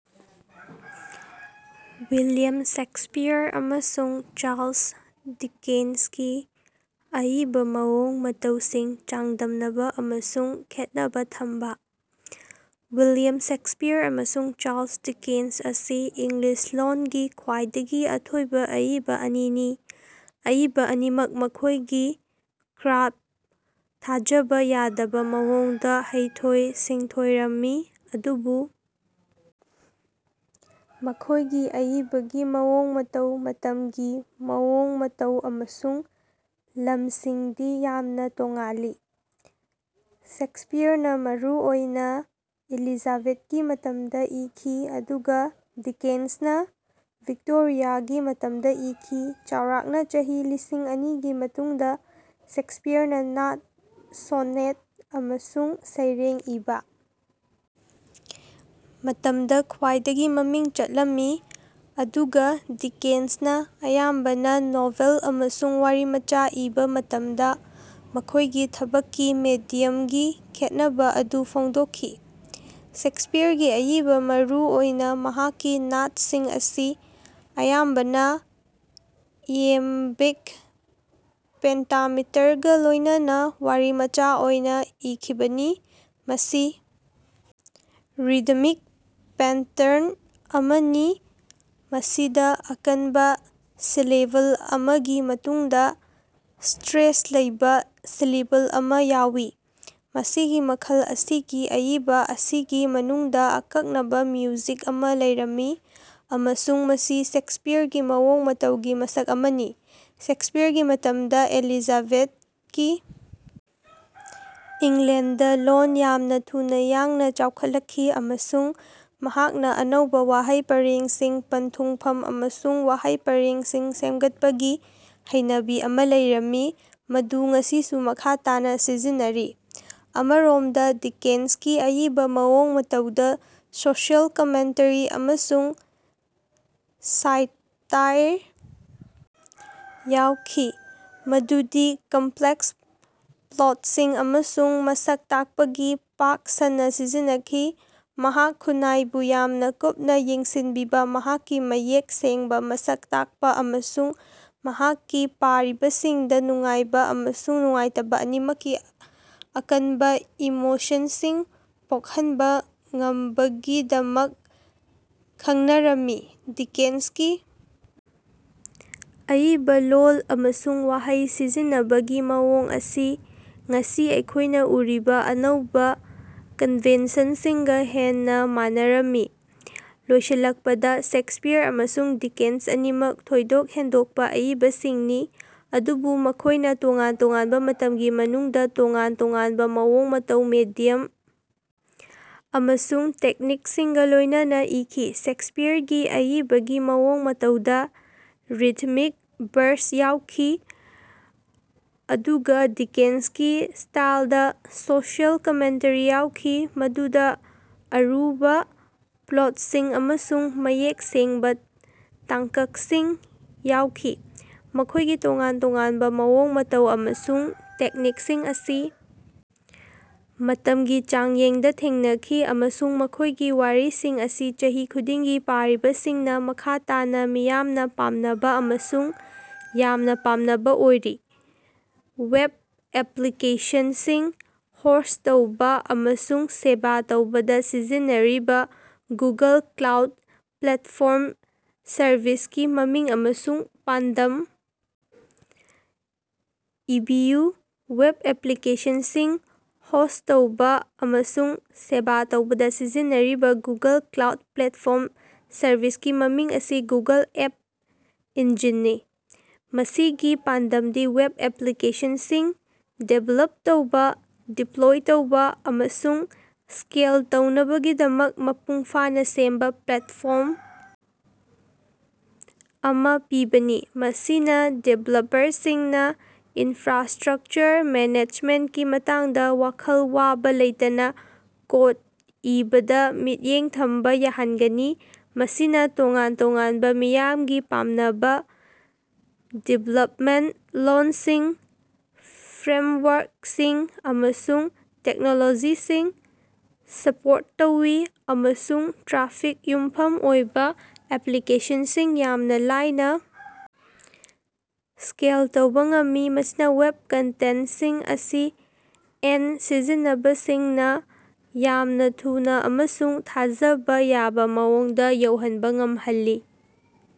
William Shakespeare ꯑꯃꯁꯨꯡ Charles ꯗꯤꯀꯦꯟꯁꯀꯤ ꯑꯏꯕ ꯃꯑꯣꯡ ꯃꯇꯧꯁꯤꯡ ꯆꯥꯡꯗꯝꯅꯕ ꯑꯃꯁꯨꯡ ꯈꯦꯠꯅꯕ ꯊꯝꯕ꯫ ꯋꯤꯂꯤꯌꯝ ꯁꯦꯛꯁꯄꯤꯌꯔ ꯑꯃꯁꯨꯡ ꯆꯥꯔꯂꯁ ꯗꯤꯀꯦꯟꯁ ꯑꯁꯤ ꯏꯪꯂꯤꯁ ꯂꯣꯟꯒꯤ ꯈ꯭ꯋꯥꯏꯗꯒꯤ ꯑꯊꯣꯏꯕ ꯑꯏꯕ ꯑꯅꯤꯅꯤ꯫ ꯑꯏꯕ ꯑꯅꯤꯃꯛ ꯃꯈꯣꯢꯒꯤ ꯀ꯭ꯔꯥꯐꯇ ꯊꯥꯖꯕ ꯌꯥꯗꯕ ꯃꯑꯣꯡꯗ ꯍꯩꯊꯣꯏ-ꯁꯤꯡꯊꯣꯏꯔꯝꯃꯤ ꯑꯗꯨꯕꯨ ꯃꯈꯣꯢꯒꯤ ꯑꯏꯕꯒꯤ ꯃꯑꯣꯡ ꯃꯇꯧ ꯃꯇꯝꯒꯤ ꯃꯑꯣꯡ ꯃꯇꯧ ꯑꯃꯁꯨꯡ ꯂꯝꯁꯤꯡꯗꯤ ꯌꯥꯝꯅ ꯇꯣꯉꯥꯜꯂꯤ꯫ ꯁꯦꯛꯁꯄꯤꯌꯔꯅ ꯃꯔꯨ ꯑꯣꯏꯅ ꯏꯂꯤꯖꯥꯕꯦꯊꯀꯤ ꯃꯇꯝꯗ ꯏꯈꯤ ꯑꯗꯨꯒ ꯗꯤꯀꯦꯟꯁꯅ ꯚꯤꯛꯇꯣꯔꯤꯌꯥꯒꯤ ꯃꯇꯝꯗ ꯏꯈꯤ ꯆꯥꯎꯔꯥꯛꯅ ꯆꯍꯤ ꯂꯤꯁꯤꯡ ꯑꯅꯤꯒꯤ ꯃꯇꯨꯡꯗ ꯁꯦꯛꯁꯄꯤꯌꯔꯅ ꯅꯥꯠ, ꯁꯣꯅꯦꯠ ꯑꯃꯁꯨꯡ ꯁꯩꯔꯦꯡ ꯏꯕ ꯃꯇꯝꯗ ꯈ꯭ꯋꯥꯏꯗꯒꯤ ꯃꯃꯤꯡ ꯆꯠꯂꯝꯃꯤ ꯑꯗꯨꯒ ꯗꯤꯀꯦꯟꯁꯅ ꯑꯌꯥꯝꯕꯅ ꯅꯣꯚꯦꯜ ꯑꯃꯁꯨꯡ ꯋꯥꯔꯤꯃꯆꯥ ꯏꯕ ꯃꯇꯝꯗ ꯃꯈꯣꯢꯒꯤ ꯊꯕꯛꯀꯤ ꯃꯦꯗꯤꯌꯝꯒꯤ ꯈꯦꯠꯅꯕ ꯑꯗꯨ ꯐꯣꯡꯗꯣꯛꯈꯤ꯫ ꯁꯦꯛꯁꯄꯤꯌꯔꯒꯤ ꯑꯏꯕ ꯃꯔꯨ ꯑꯣꯏꯅ ꯃꯍꯥꯛꯀꯤ ꯅꯥꯠꯁꯤꯡ ꯑꯁꯤ ꯑꯌꯥꯝꯕꯅ ꯏꯌꯥꯝꯕꯤꯛ ꯄꯦꯟꯇꯥꯃꯤꯇꯔꯒ ꯂꯣꯢꯅꯅꯥ ꯋꯥꯔꯤꯃꯆꯥ ꯑꯣꯏꯅ ꯏꯈꯤꯕꯅꯤ ꯃꯁꯤ ꯔꯤꯗꯃꯤꯛ ꯄꯦꯇꯔꯟ ꯑꯃꯅꯤ ꯃꯁꯤꯗ ꯑꯀꯟꯕ ꯁꯤꯂꯦꯕꯜ ꯑꯃꯒꯤ ꯃꯇꯨꯡꯗ ꯁꯇ꯭ꯔꯦꯁ ꯂꯩꯕꯥ ꯁꯤꯂꯦꯕꯜ ꯑꯃ ꯌꯥꯎꯏ꯫ ꯃꯁꯤꯒꯤ ꯃꯈꯜ ꯑꯁꯤꯒꯤ ꯑꯏꯕ ꯑꯁꯤꯒꯤ ꯃꯅꯨꯡꯗ ꯑꯀꯛꯅꯕ ꯃ꯭ꯌꯨꯖꯤꯛ ꯑꯃ ꯂꯩꯔꯝꯃꯤ ꯑꯃꯁꯨꯡ ꯃꯁꯤ ꯁꯦꯛꯁꯄꯤꯌꯔꯒꯤ ꯃꯑꯣꯡ ꯃꯇꯧꯒꯤ ꯃꯁꯛ ꯑꯃꯅꯤ꯫ ꯁꯦꯛꯁꯄꯤꯌꯔꯒꯤ ꯃꯇꯝꯗ ꯑꯦꯂꯤꯖꯥꯕꯦꯊꯀꯤ ꯏꯪꯂꯦꯟꯗꯗꯥ ꯂꯣꯜ ꯌꯥꯝꯅ ꯊꯨꯅ ꯌꯥꯡꯅ ꯆꯥꯎꯈꯠꯂꯛꯈꯤ ꯑꯃꯁꯨꯡ ꯃꯍꯥꯛꯅ ꯑꯅꯧꯕ ꯋꯥꯍꯩ ꯄꯔꯦꯡꯁꯤꯡ ꯄꯟꯊꯨꯡꯐꯝ ꯑꯃꯁꯨꯡ ꯋꯥꯍꯩ ꯄꯔꯦꯡꯁꯤꯡ ꯁꯦꯝꯒꯠꯄꯒꯤ ꯍꯩꯅꯕꯤ ꯑꯃ ꯂꯩꯔꯝꯃꯤ ꯃꯗꯨ ꯉꯁꯤꯁꯨ ꯃꯈꯥ ꯇꯥꯅꯥ ꯁꯤꯖꯤꯟꯅꯔꯤ꯫ ꯑꯃꯔꯣꯝꯗ ꯗꯤꯀꯦꯟꯁꯀꯤ ꯑꯏꯕ ꯃꯑꯣꯡ ꯃꯇꯧꯗ ꯁꯣꯁꯤꯑꯦꯜ ꯀꯃꯦꯟꯇꯔꯤ ꯑꯃꯁꯨꯡ ꯁꯥꯏꯇꯥꯏꯔ ꯌꯥꯎꯈꯤ ꯃꯗꯨꯗ ꯀꯝꯄ꯭ꯂꯦꯛꯁ ꯄ꯭ꯂꯣꯠꯁꯤꯡ ꯑꯃꯁꯨꯡ ꯃꯁꯛ ꯇꯥꯛꯄꯒꯤ ꯄꯥꯛ ꯁꯟꯅ ꯁꯤꯖꯤꯟꯅꯈꯤ꯫ ꯃꯍꯥꯛ ꯈꯨꯟꯅꯥꯏꯕꯨ ꯌꯥꯝꯅ ꯀꯨꯞꯅ ꯌꯦꯡꯁꯤꯟꯕꯤꯕꯥ ꯃꯍꯥꯛꯀꯤ ꯃꯌꯦꯛ ꯁꯦꯡꯕ ꯃꯁꯛ ꯇꯥꯛꯄꯥ ꯑꯃꯁꯨꯡ ꯃꯍꯥꯛꯀꯤ ꯄꯥꯔꯤꯕꯁꯤꯡꯗ ꯅꯨꯡꯉꯥꯏꯕ ꯑꯃꯁꯨꯡ ꯅꯨꯡꯉꯥꯏꯇꯕ ꯑꯅꯤꯃꯛꯀꯤ ꯑꯀꯟꯕ ꯏꯃꯣꯁꯟꯁꯤꯡ ꯄꯣꯛꯍꯟꯕ ꯉꯝꯕꯒꯤꯗꯃꯛ ꯈꯡꯅꯔꯝꯃꯤ꯫ ꯗꯤꯀꯦꯟꯁꯀꯤ ꯑꯏꯕ ꯂꯣꯜ ꯑꯃꯁꯨꯡ ꯋꯥꯍꯩ ꯁꯤꯖꯤꯟꯅꯕꯒꯤ ꯃꯑꯣꯡ ꯑꯁꯤ ꯉꯁꯤ ꯑꯩꯈꯣꯢꯅ ꯎꯔꯤꯕꯥ ꯑꯅꯧꯕ ꯀꯟꯚꯦꯟꯁꯟꯁꯤꯡꯒ ꯍꯦꯟꯅ ꯃꯥꯟꯅꯔꯝꯃꯤ꯫ ꯂꯣꯏꯁꯤꯜꯂꯛꯄꯗ ꯁꯦꯛꯁꯄꯤꯌꯔ ꯑꯃꯁꯨꯡ ꯗꯤꯀꯦꯟꯁ ꯑꯅꯤꯃꯛ ꯊꯣꯏꯗꯣꯛ ꯍꯦꯟꯗꯣꯛꯄ ꯑꯏꯕꯁꯤꯡꯅꯤ ꯑꯗꯨꯕꯨ ꯃꯈꯣꯢꯅ ꯇꯣꯉꯥꯟ ꯇꯣꯉꯥꯟꯕ ꯃꯇꯝꯒꯤ ꯃꯅꯨꯡꯗ ꯇꯣꯉꯥꯟ ꯇꯣꯉꯥꯟꯕ ꯃꯑꯣꯡ ꯃꯇꯧ ꯃꯦꯗꯤꯌꯝ ꯑꯃꯁꯨꯡ ꯇꯦꯛꯅꯤꯛꯁꯤꯡꯒ ꯂꯣꯢꯅꯅꯥ ꯏꯈꯤ꯫ ꯁꯦꯛꯁꯄꯤꯌꯔꯒꯤ ꯑꯏꯕꯒꯤ ꯃꯑꯣꯡ ꯃꯇꯧꯗ ꯔꯤꯗꯃꯤꯛ ꯕꯔꯁ ꯌꯥꯎꯈꯤ ꯑꯗꯨꯒ ꯗꯤꯀꯦꯟꯁꯀꯤ ꯁ꯭ꯇꯥꯏꯜꯗ ꯁꯣꯁꯤꯑꯦꯜ ꯀꯃꯦꯟꯇꯔꯤ ꯌꯥꯎꯈꯤ ꯃꯗꯨꯗꯥ ꯑꯔꯨꯕ ꯄ꯭ꯂꯣꯠꯁꯤꯡ ꯑꯃꯁꯨꯡ ꯃꯌꯦꯛ ꯁꯦꯡꯕ ꯇꯥꯡꯀꯛꯁꯤꯡ ꯌꯥꯎꯈꯤ꯫ ꯃꯈꯣꯢꯒꯤ ꯇꯣꯉꯥꯟ ꯇꯣꯉꯥꯟꯕ ꯃꯑꯣꯡ ꯃꯇꯧ ꯑꯃꯁꯨꯡ ꯇꯦꯛꯅꯤꯛꯁꯤꯡ ꯑꯁꯤ ꯃꯇꯝꯒꯤ ꯆꯥꯡꯌꯦꯡꯗ ꯊꯦꯡꯅꯈꯤ ꯑꯃꯁꯨꯡ ꯃꯈꯣꯢꯒꯤ ꯋꯥꯔꯤꯁꯤꯡ ꯑꯁꯤ ꯆꯍꯤ ꯈꯨꯗꯤꯡꯒꯤ ꯄꯥꯔꯤꯕꯁꯤꯡꯅ ꯃꯈꯥ ꯇꯥꯅ ꯃꯤꯌꯥꯝꯅ ꯄꯥꯝꯅꯕ ꯑꯃꯁꯨꯡ ꯌꯥꯝꯅ ꯄꯥꯝꯅꯕ ꯑꯣꯏꯔꯤ꯫ ꯋꯦꯕ ꯑꯦꯄ꯭ꯂꯤꯀꯦꯁꯟꯁꯤꯡ ꯍꯣꯁ꯭ꯠ ꯇꯧꯕꯥ ꯑꯃꯁꯨꯡ ꯁꯦꯕꯥ ꯇꯧꯕꯗ ꯁꯤꯖꯤꯟꯅꯔꯤꯕ ꯒꯨꯒꯜ ꯀ꯭ꯂꯥꯎꯗ ꯄ꯭ꯂꯦꯠꯐꯣꯔꯝ ꯁꯔꯚꯤꯁꯀꯤ ꯃꯃꯤꯡ ꯑꯃꯁꯨꯡ ꯄꯥꯟꯗꯝ ꯏꯕꯤꯌꯨ꯫ ꯋꯦꯕ ꯑꯦꯄ꯭ꯂꯤꯀꯦꯁꯟꯁꯤꯡ ꯍꯣꯁ꯭ꯠ ꯇꯧꯕꯥ ꯑꯃꯁꯨꯡ ꯁꯦꯕꯥ ꯇꯧꯕꯗꯥ ꯁꯤꯖꯤꯟꯅꯔꯤꯕꯥ ꯒꯨꯒꯜ ꯀ꯭ꯂꯥꯎꯗ ꯄ꯭ꯂꯦꯠꯐꯣꯔꯝ ꯁꯔꯚꯤꯁꯀꯤ ꯃꯃꯤꯡ ꯑꯁꯤ ꯒꯨꯒꯜ ꯑꯦꯞ ꯏꯟꯖꯤꯟꯅꯤ꯫ ꯃꯁꯤꯒꯤ ꯄꯥꯟꯗꯝꯗꯤ ꯋꯦꯕ ꯑꯦꯄ꯭ꯂꯤꯀꯦꯁꯟꯁꯤꯡ ꯗꯤꯕꯦꯂꯞ ꯇꯧꯕ ꯗꯤꯄ꯭ꯂꯣꯏ ꯇꯧꯕ ꯑꯃꯁꯨꯡ ꯁ꯭ꯀꯦꯜ ꯇꯧꯅꯕꯒꯤꯗꯃꯛ ꯃꯄꯨꯡ ꯐꯥꯅ ꯁꯦꯝꯕ ꯄ꯭ꯂꯦꯠꯐꯣꯔꯝ ꯑꯃ ꯄꯤꯕꯅꯤ ꯃꯁꯤꯅ ꯗꯤꯕꯦꯂꯄꯔꯁꯤꯡꯅ ꯏꯟꯐ꯭ꯔꯥꯁ꯭ꯇꯔꯛꯆꯔ ꯃꯦꯅꯦꯖꯃꯦꯟꯇꯀꯤ ꯃꯇꯥꯡꯗ ꯋꯥꯈꯜ ꯋꯥꯕ ꯂꯩꯇꯅ ꯀꯣꯗ ꯏꯕꯗ ꯃꯤꯠꯌꯦꯡ ꯊꯝꯕ ꯌꯥꯍꯟꯒꯅꯤ꯫ ꯃꯁꯤꯅ ꯇꯣꯉꯥꯟ-ꯇꯣꯉꯥꯟꯕ ꯃꯤꯌꯥꯝꯅ ꯄꯥꯝꯅꯕ ꯗꯤꯚꯦꯂꯄꯃꯦꯟꯇ ꯂꯣꯜꯁꯤꯡ ꯐ꯭ꯔꯦꯃꯋꯥꯔꯀꯁꯤꯡ ꯑꯃꯁꯨꯡ ꯇꯦꯛꯅꯣꯂꯣꯖꯤꯁꯤꯡ ꯁꯞꯄꯣꯔꯠ ꯇꯧꯏ ꯑꯃꯁꯨꯡ ꯇ꯭ꯔꯥꯐꯤꯛꯇ ꯌꯨꯝꯐꯝ ꯑꯣꯏꯕ ꯑꯦꯄ꯭ꯂꯤꯀꯦꯁꯟꯁꯤꯡ ꯌꯥꯝꯅ ꯂꯥꯏꯅꯥ ꯁ꯭ꯀꯦꯜ ꯇꯧꯕꯥ ꯉꯝꯃꯤ ꯃꯁꯤꯅ ꯋꯦꯕ ꯀꯟꯇꯦꯟꯇꯁꯤꯡ ꯑꯁꯤ ꯑꯦꯟꯗ ꯁꯤꯖꯤꯟꯅꯕ ꯁꯤꯡꯅ ꯌꯥꯝꯅ ꯊꯨꯅꯥ ꯑꯃꯁꯨꯡ ꯊꯥꯖꯕ ꯌꯥꯕꯥ ꯃꯑꯣꯡꯗ ꯌꯧꯍꯟꯕ ꯉꯝꯍꯜꯂꯤ꯫